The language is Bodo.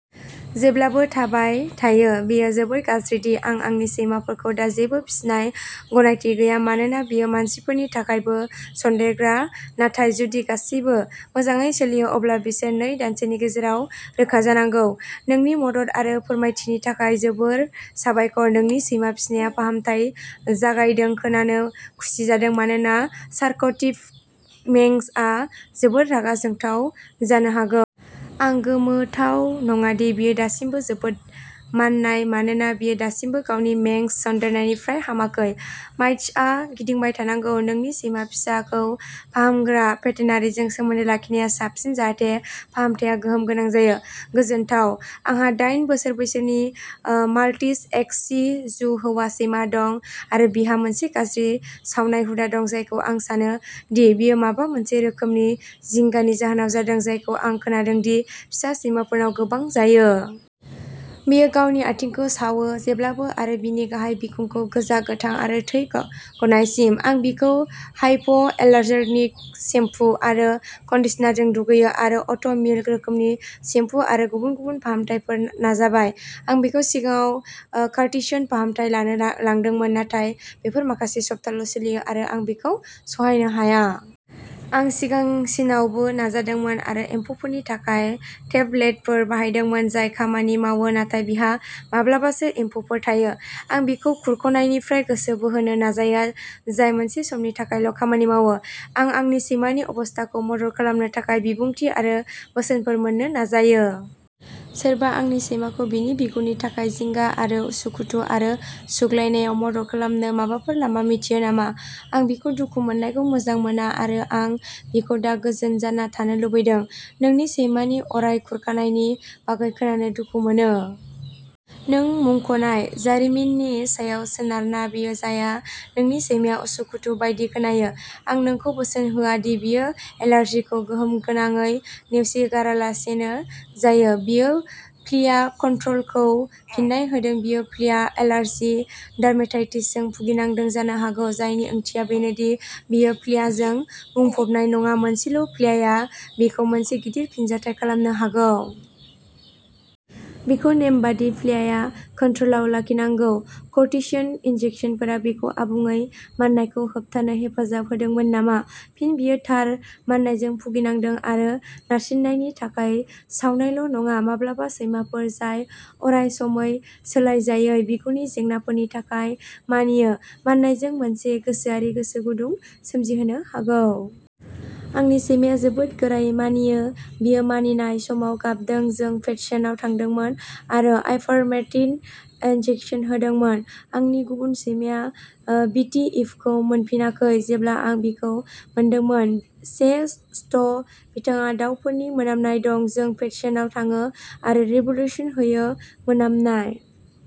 जेब्लाबो थाबाय थायो। बेयो जोबोद गाज्रिदि आं आंनि सैमाफोरखौ दा जेबो फिसिनाय गनायथि गैया मानोना बेयो मानसिफोरनि थाखायबो सनदेरग्रा नाथाय जुदि गासिबो मोजाङै सोलियो अब्ला बिसोर नै दानसोनि गेजेराव रोखा जानांगौ। नोंनि मदद आरो फोरमायथिनि थाखाय जोबोद साबायखर नोंनि सैमा फिसाया फाहामथाय जागायदों खोनानो खुसि जादों मानोना सार्क'प्टिक मेंजआ जोबोद रागा जोंथाव जानो हागौ। आं गोमोथाव नङादि बियो दासिमबो जोबोद माननाय मानोना बियो दासिमबो गावनि मेंज सन्देरनायनिफ्राय हामाखै। माइट्सआ गिदिंबाय थानांगौ। नोंनि सैमा फिसाखौ फाहामग्रा भेटेनारिजों सोमोन्दो लाखिनाया साबसिन जाहाथे फाहामथाया गोहोम गोनां जायो। गोजोनथाव। आंहा दाइन बोसोर बैसोनि ओ माल्टिज एक्स शि जु हौवा सैमा दं आरो बिहा मोनसे गाज्रि सावनाय हुदा दं जायखौ आं सानो दि बेयो माबा मोनसे रोखोमनि जिंगानि जाहोनाव जादों जायखौ आं खोनादोंदि फिसा सैमाफोरनाव गोबां जायो। बियो गावनि आथिंखौ सावो। जेब्लाबो आरो बिनि गाहाय बिखुंखौ गोजा गोथां आरो थै गा गनायसिम। आं बिखौ हाइप'एलार्जेनिक सेम्पु आरो कन्डिशनारजों दुगैयो आरो अ'ट मिल रोखोमनि सेम्पु आरो गुबुन गुबुन फाहामथायफोर नाजाबाय। आं बिखौ सिगाङाव ओ कर्टिसन फाहामथाय लानोना लादोंमोन नाथाय बेफोर माखासे सप्ताल' सोलियो आरो आं बेखौ सहायनो हाया। आं सिगांसिनावबो नाजादोंमोन आरो एम्फौफोरनि थाखाय टेबलेटफोर बाहायदोंमोन जाय खामानि मावो नाथाय बिहा माब्लाबासो एम्फौफोर थायो। आं बिखौ खुरख'नायनिफ्राय गोसो बोहोनो नाजायो जाय मोनसे समनि थाखायल' खामानि मावो। आं आंनि सैमानि अबस्थाखौ मदद खालामनो थाखाय बिबुंथि आरो बोसोनफोर मोन्नो नाजायो। सोरबा आंनि सैमाखौ बिनि बिगुरनि थाखाय जिंगा आरो उसुखुथु आरो सुग्लायनायाव मदद खालामनो माबाफोर लामा मिथियो नामा? आं बिखौ दुखु मोननायखौ मोजां मोना आरो आं बिखौ दा गोजोन जाना थानो लुबैदों। नोंनि सैमानि अराय खुरखानायनि बागै खोनानो दुखु मोनो। नों मुंख'नाय जारिमिननि सायाव सोनारना बेयो जाया। नोंनि सैमाया उसुखुथु बायदि खोनायो। आं नोंखौ बोसोन होआदि बियो एलार्जिखौ गोहोम गोनाङै नेवसिगारालासेनो जायो। बियो फ्लिया कन्ट्र'लखौ फिन्नाय होदों बियो फ्लिया एलार्जि डार्मेटाइटिसजों भुगिनांदों जानो हागौ जायनि ओंथिया बेनोदि बियो फ्लियाजों बुंफबनाय नङा मोनसेल' फ्लियाआ बिखौ मोनसे गिदिर फिनजाथाय खालामनो हागौ। बिखौ नेमबादि फ्लिया कन्ट्र'लाव लाखिनांगौ। कर्टिसन इन्जेक्सनफोरा बिखौ आबुङै माननायखौ होबथानो हेफाजाब होदोंमोन नामा? फिन बियो थार माननायजों भुगिनांदों आरो नारसिननायनि थाखाय सावनायल' नङा। माब्लाबा सैमाफोर जाय अरायसमै सोलाइजायै बिगुरनि जेंनाफोरनि थाखाय मानियो माननायजों मोनसे गोसोआरि गोसो गुदुं सोमजिहोनो हागौ। आंनि सैमाया जोबोद गोरायै मानियो। बियो मानिनाय समाव गाबदों जों भेट्सनाव थांदोंमोन आरो आइभारमेक्टिन इन्जेकसन होदोंमोन। आंनि गुबुन सैमाया ओ बिटि इभ'खौ मोनफिनाखै। जेब्ला आं बिखौ मोनदोंमोन से स्ट बिथाङा दावफोरनि मोनामनाय दं। जों भेट्सनाव थाङो आरो रिभ'ल्युसन होयो मोनामनाय।